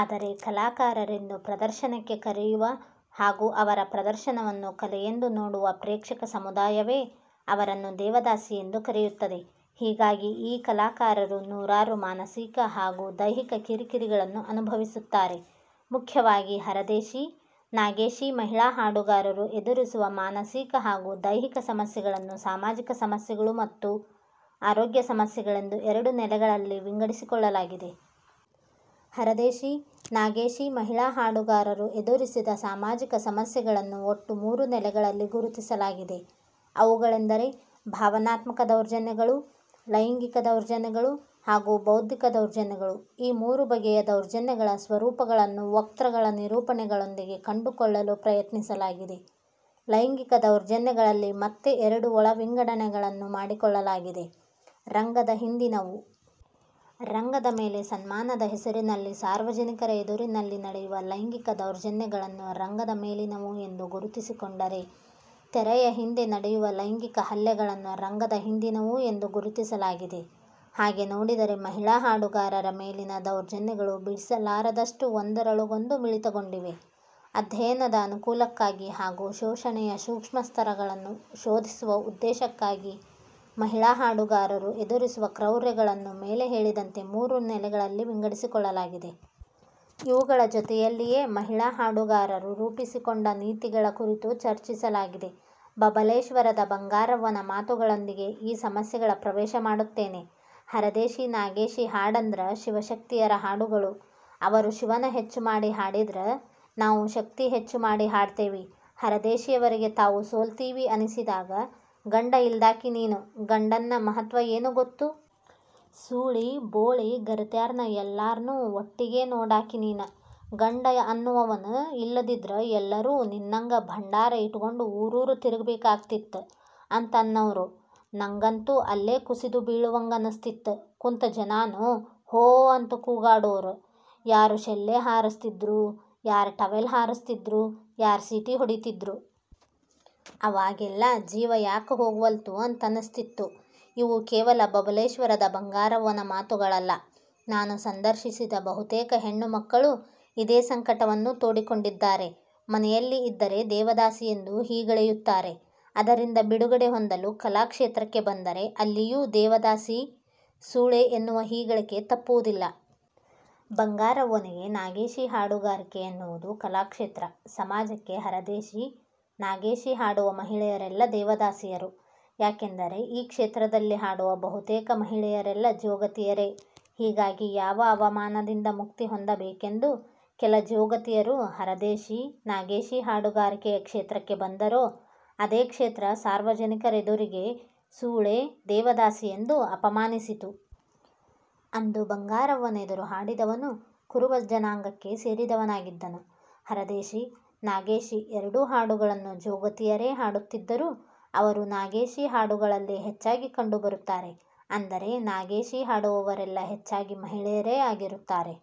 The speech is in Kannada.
ಆದರೆ ಕಲಾಕಾರರೆಂದು ಪ್ರದರ್ಶನಕ್ಕೆ ಕರೆಯುವ ಹಾಗೂ ಅವರ ಪ್ರದರ್ಶನವನ್ನು ಕಲೆಯೆಂದು ನೋಡುವ ಪ್ರೇಕ್ಷಕ ಸಮುದಾಯವೇ ಅವರನ್ನು 'ದೇವದಾಸಿ'ಯೆಂದು ಕರೆಯುತ್ತದೆ. ಹೀಗಾಗಿ ಈ ಕಲಾಕಾರರು ನೂರಾರು ಮಾನಸಿಕ ಹಾಗೂ ದೈಹಿಕ ಕಿರಿ-ಕಿರಿಗಳನ್ನು ಅನುಭವಿಸುತ್ತಾರೆ. ಮುಖ್ಯವಾಗಿ ಹರದೇಶಿ-ನಾಗೇಶಿ ಮಹಿಳಾ ಹಾಡುಗಾರರು ಎದುರಿಸುವ ಮಾನಸಿಕ ಹಾಗೂ ದೈಹಿಕ ಸಮಸ್ಯೆಗಳನ್ನು ಸಾಮಾಜಿಕ ಸಮಸ್ಯೆಗಳು ಮತ್ತು ಆರೋಗ್ಯ ಸಮಸ್ಯೆಗಳೆಂದು ಎರಡು ನೆಲೆಗಳಲ್ಲಿ ವಿಂಗಡಿಸಿಕೊಳ್ಳಲಾಗಿದೆ. ಹರದೇಶಿ-ನಾಗೇಶಿ ಮಹಿಳಾ ಹಾಡುಗಾರರು ಎದುರಿಸಿದ ಸಾಮಾಜಿಕ ಸಮಸ್ಯೆಗಳನ್ನು ಒಟ್ಟು ಮೂರು ನೆಲೆಗಳಲ್ಲಿ ಗುರುತಿಸಲಾಗಿದೆ. ಅವುಗಳೆಂದರೆ ಭಾವನಾತ್ಮಕ ದೌರ್ಜನ್ಯಗಳು, ಲೈಂಗಿಕ ದೌರ್ಜನ್ಯಗಳು ಹಾಗೂ ಬೌದ್ಧಿಕ ದೌರ್ಜನ್ಯಗಳು. ಈ ಮೂರು ಬಗೆಯ ದೌರ್ಜನ್ಯಗಳ ಸ್ವರೂಪಗಳನ್ನು ವಕ್ತೃಗಳ ನಿರೂಪಣೆಗಳೊಂದಿಗೆ ಕಂಡುಕೊಳ್ಳಲು ಪ್ರಯತ್ನಿಸಲಾಗಿದೆ. ಲೈಂಗಿಕ ದೌರ್ಜನ್ಯಗಳಲ್ಲಿ ಮತ್ತೆ ಎರಡು ಒಳ ವಿಂಗಡಣೆಗಳನ್ನು ಮಾಡಿಕೊಳ್ಳಲಾಗಿದೆ: ರಂಗದ ಹಿಂದಿನವು. ರಂಗದ ಮೇಲೆ ಸನ್ಮಾನದ ಹೆಸರಿನಲ್ಲಿ ಸಾರ್ವಜನಿಕರ ಎದುರಿನಲ್ಲಿ ನಡೆಯುವ ಲೈಂಗಿಕ ದೌರ್ಜನ್ಯಗಳನ್ನು ರಂಗದ ಮೇಲಿನವು ಎಂದು ಗುರುತಿಸಿಕೊಂಡರೆ, ತೆರೆಯ ಹಿಂದೆ ನಡೆಯುವ ಲೈಂಗಿಕ ಹಲ್ಲೆಗಳನ್ನು ರಂಗದ ಹಿಂದನವು ಎಂದು ಗುರುತಿಸಲಾಗಿದೆ. ಹಾಗೆ ನೋಡಿದರೆ ಮಹಿಳಾ ಹಾಡುಗಾರರ ಮೇಲಿನ ದೌರ್ಜನ್ಯಗಳು ಬಿಡಸಲಾರದಷ್ಟು ಒಂದರೊಳಗೊಂದು ಮಿಳಿತಗೊಂಡಿವೆ. ಅಧ್ಯಯನದ ಅನುಕೂಲಕ್ಕಾಗಿ ಹಾಗೂ ಶೋಷಣೆಯ ಸೂಕ್ಷ್ಮ ಸ್ತರಗಳನ್ನು ಶೋಧಿಸುವ ಉದ್ದೇಶಕ್ಕಾಗಿ ಮಹಿಳಾ ಹಾಡುಗಾರರು ಎದುರಿಸುವ ಕ್ರೌರ್ಯಗಳನ್ನು ಮೇಲೆ ಹೇಳಿದಂತೆ ಮೂರು ನೆಲೆಗಳಲ್ಲಿ ವಿಂಗಡಿಸಿಕೊಳ್ಳಲಾಗಿದೆ. ಇವುಗಳ ಜೊತೆಯಲ್ಲಿಯೇ ಮಹಿಳಾ ಹಾಡುಗಾರರು ರೂಪಿಸಿಕೊಂಡ ನೀತಿಗಳ ಕುರಿತು ಚರ್ಚಿಸಲಾಗಿದೆ. ಬಬಲೇಶ್ವರದ ಬಂಗಾರವ್ವನ ಮಾತುಗಳೊಂದಿಗೆ ಈ ಸಮಸ್ಯೆಗಳ ಪ್ರವೇಶ ಮಾಡುತ್ತೇನೆ. "ಹರದೇಶಿ-ನಾಗೇಶಿ ಹಾಡಂದ್ರ ಶಿವ-ಶಕ್ತಿಯರ ಹಾಡುಗಳು, ಅವರು ಶಿವನ ಹೆಚ್ಚು ಮಾಡಿ ಹಾಡಿದ್ರ, ನಾವು ಶಕ್ತಿ ಹೆಚ್ಚ ಮಾಡಿ ಹಾಡ್ತೇವಿ. ಹರದೇಶಿಯವರಿಗೆ ತಾವು ಸೋಲ್ತೀವಿ ಅನಿಸಿದಾಗ 'ಗಂಡ ಇಲ್ದಾಕಿ ನೀನು, ಗಂಡನ್ನ ಮಹತ್ವ ಏನು ಗೊತ್ತು? ಸೂಳಿ-ಬೋಳೀ-ಗರತ್ಯಾರ್ನ ಎಲ್ಲಾರ್ನೂ ಒಟ್ಟಿಗೆ ನೋಡಕಿ ನೀನು. ಗಂಡ ಅನ್ನುವನು ಇಲ್ಲದಿದ್ರ ಎಲ್ಲರೂ ನಿನ್ನಂಗ ಭಂಡಾರ ಇಟಕೊಂಡು ಊರೂರು ತಿರಗಬೇಕಾಗ್ತಿತ್ತು'. ಅಂತ ಅನ್ನುವ್ರು. ನಂಗಂತೂ ಅಲ್ಲೆ ಕುಸಿದು ಬೀಳುವಂಗ ಅನಸ್ತಿತ್ತು. ಕುಂತ ಜನಾನೂ ಹೋ ಅಂತ ಕೂಗಾಡೋರು. ಯಾರ ಶೆಲ್ಲೆ ಹಾರಸ್ತಿದ್ರು? ಯಾರ ಟವಲ್ಲ ಹಾರಿಸ್ತಿದ್ರು? ಯಾರ ಸೀಟಿ ಹೊಡಿತಿದ್ರು? ಅವಾಗೆಲ್ಲಾ ಜೀವ ಯಾಕ ಹೋಗವಲ್ತು ಅಂತ ಅನಸ್ತಿತ್ತು" ಇವು ಕೇವಲ ಬಬಲೇಶ್ವರದ ಬಂಗಾರವ್ವನ ಮಾತುಗಳಲ್ಲ. ನಾನು ಸಂದರ್ಶಿಸಿದ ಬಹುತೇಕ ಹೆಣ್ಣು ಮಕ್ಕಳು ಇದೇ ಸಂಕಟವನ್ನು ತೋಡಿಕೊಂಡಿದ್ದಾರೆ. ಮನೆಯಲ್ಲಿ ಇದ್ದರೆ 'ದೇವದಾಸಿ' ಎಂದು ಹೀಗಳೆಯುತ್ತಾರೆ. ಅದರಿಂದ ಬಿಡುಗಡೆ ಹೊಂದಲು ಕಲಾ ಕ್ಷೇತ್ರಕ್ಕೆ ಬಂದರೆ ಅಲ್ಲಿಯೂ 'ದೇವದಾಸಿ', 'ಸೂಳೆ' ಎನ್ನುವ ಹೀಗಳಿಕೆ ತಪ್ಪುವುದಿಲ್ಲ. ಬಂಗಾರವ್ವನಿಗೆ ನಾಗೇಶಿ ಹಾಡುಗಾರಿಕೆ ಎನ್ನುವುದು ಕಲಾ ಕ್ಷೇತ್ರ, ಸಮಾಜಕ್ಕೆ ಹರದೇಶಿ-ನಾಗೇಶಿ ಹಾಡುವ ಮಹಿಳೆಯರೆಲ್ಲ 'ದೇವದಾಸಿಯರು', ಯಾಕೆಂದರೆ ಈ ಕ್ಷೇತ್ರದಲ್ಲಿ ಹಾಡುವ ಬಹುತೇಕ ಮಹಿಳೆಯರೆಲ್ಲ 'ಜೋಗತಿ'ಯರೇ. ಹೀಗಾಗಿ ಯಾವ ಅವಮಾನದಿಂದ ಮುಕ್ತಿ ಹೊಂದಬೇಕೆಂದು ಕೆಲ 'ಜೋಗತಿಯರು' ಹರದೇಶಿ-ನಾಗೇಶಿ ಹಾಡುಗಾರಿಕೆಯ ಕ್ಷೇತ್ರಕ್ಕೆ ಬಂದರೋ, ಅದೇ ಕ್ಷೇತ್ರ ಸಾರ್ವಜನಿಕರೆದುರಿಗೆ 'ಸೂಳೆ' 'ದೇವದಾಸಿ'ಯೆಂದು ಅಪಮಾನಿಸಿತು. ಅಂದು ಬಂಗಾರೆವ್ವನ ಎದರು ಹಾಡಿದವನು ಕುರುಬ ಜನಾಂಗಕ್ಕೆ ಸೇರದವನಾಗಿದ್ದನು. ಹರದೇಶಿ-ನಾಗೇಶಿ ಎರಡೂ ಹಾಡುಗಳನ್ನು 'ಜೋಗತಿ'ಯರೇ ಹಾಡುತ್ತಿದ್ದರೂ ಅವರು ನಾಗೇಶಿ ಹಾಡುಗಳಲ್ಲಿ ಹೆಚ್ಚಾಗಿ ಕಂಡುಬರುತ್ತಾರೆ. ಅಂದರೆ ನಾಗೇಶಿ ಹಾಡುವವರೆಲ್ಲ ಹೆಚ್ಚಾಗಿ ಮಹಿಳೆಯರೇ ಆಗಿರುತ್ತಾರೆ.